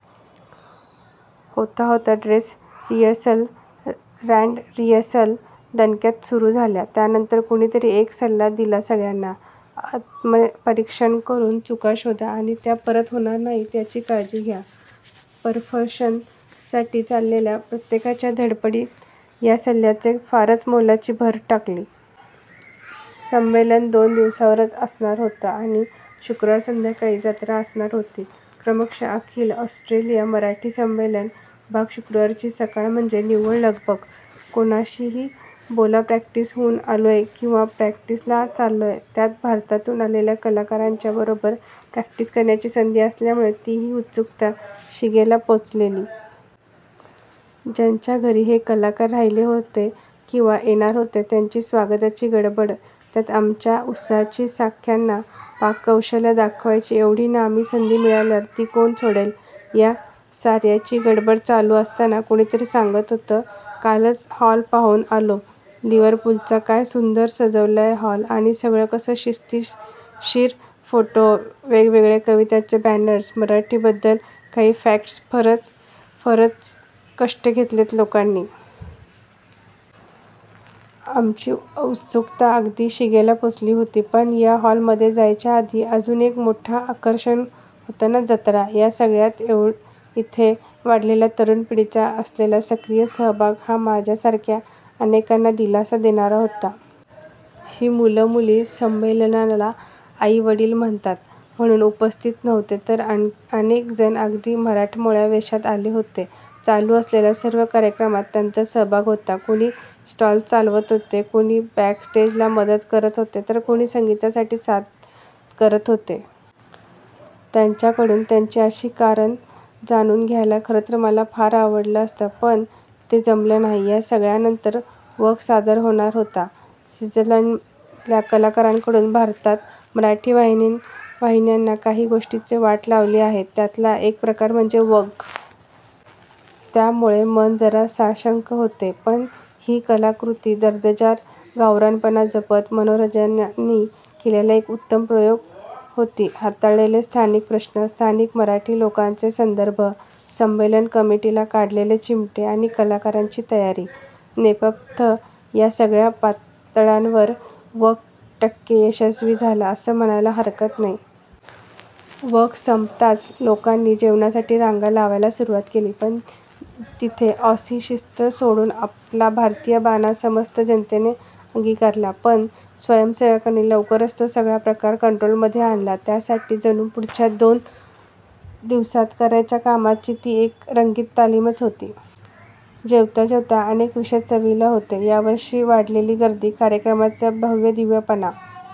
होता होता dress rehearsal grand rehearsal दणक्यात सुरू झाल्या. त्यानंतर कुणीतरी एक सल्ला दिला सगळ्याना आत्म्परीक्षण करून चुका शोधा आणि त्या परत होणार नाहीत याची काळजी घ्या. पर्फेक्षन साठी चालेल्या प्रत्येकाच्या धडपडीत या सल्ल्याने फारच मोलाची भर टाकली. संमेलन दोन दिवसांच असणार होत आणि शुक्रवार संध्याकाळी जत्रा असणार होती. -क्रमशःअखिल ऑस्ट्रेलिया मराठी संमेलन भाग शुक्रावरची सकाळ म्हणजे निव्वळ लगबग. कुणाशी ही बोलाप्रॅक्टीस हून आलोय किंवा प्रॅक्टीस ला चाललोय. त्यात भारतातून आलेल्या कलाकारांच्या बरोबर प्रॅक्टीस करण्याची संधी असल्यामुळे ती ही उत्सुकता शिगेला पोचलेली. ज्यांच्या घरी हे कलाकार राहीले होते किंवा येणार होते त्यांची स्वागताची गडबड त्यात आमच्या उत्साही साख्याना पाककौशल्य दाखवायची एवढी नामी संधी मिळाल्यावर ती कोण सोडेल. या सार्याची गडबड चालूच असताना कोणीतरी सांगत होत कालच हॉल पाहून आलो लिवरपूल चा काय सूंदर सजवलाय हॉल आणि सगळ कस शिस्त-शीर फोटो, वेगवेगळे कवितांचे बॅनर्स, मराठी बद्दल काही फॅक्ट्स फरच कष्ट घेतलेत लोकांनी. आमची औत्सुकता अगदी शिगेला पोचली होती पण या हॉल मधे जायच्या आधी अजुन एक मोठ आकर्षण होत ना जत्रा!!! या सगळ्यात एथे वाढलेल्या तरुण पिढीचा असलेला सक्रिय सहभाग हा माझ्यासारख्या अनेकाना दिलासा देणारा होता. ही मूल-मुली संमेलनाला आई वडील म्हणतात म्हणून उपस्थित नव्हते तर अनेक जण अगदी मराठमोळ्या वेषात आले होते. चालू असलेल्या सर्व कार्यक्रमात त्यांचा सहभाग होता. कुणी स्टॉल्स चालवत होत, कुणी बॅक-स्टेज ला मदत करत होत तर कुणी संगीता साठी साथ करत होत. त्यांच्याकडून त्यांची अशी कारण जाणून घ्यायला खरतर मला फार आवडल असत पण ते जमल नाही. या सगळ्या नंतर "वग" सादर होणार होता सिड्नीतल्या कलाकरांकडून. भारतात मराठी वाहिन्यानि काही गोष्टींची वाट लावली आहे त्यातला एक प्रकार म्हणजे "वग". त्यामुळे मन जरा साशंक होते. पण ही कलाकृती दर्जेदार गवरानपणा जपत, मनोरंजनाचा केलेला एक उत्तम प्रयोग होती. हाताळलेले स्थानिक प्रश्न, स्थानिक मराठी लोकांचे संदर्भ, संमेलन कमिटी ला काढलेले चिमटे, आणि कलाकारांची तयारी, नेपथ्य या सगळ्या पातळ्यांवर "वग" टक्के यशस्वी झाला अस म्हणायला हरकत नाही. वग संपताच लोकानि जेवणासाठी रांगा लावायला सुरूवात केली पण तिथे ऑसी शिस्त सोडून आपला भारतीय बाणा समस्त जनतेने अंगिकारला. पण स्वयंसेवकानी लवकरच तो सगळा प्रकार कंट्रोल मधे आणला त्यांच्या साठी जणू पुढच्या दोन दिवसात करायच्या कामाची ती एक रंगीत तालीमच होती. जेवता जेवता अनेक विषय चवीला होते यावर्षीची वाढलेली गर्दी, कार्यक्रमाचा भव्यदिव्य पणा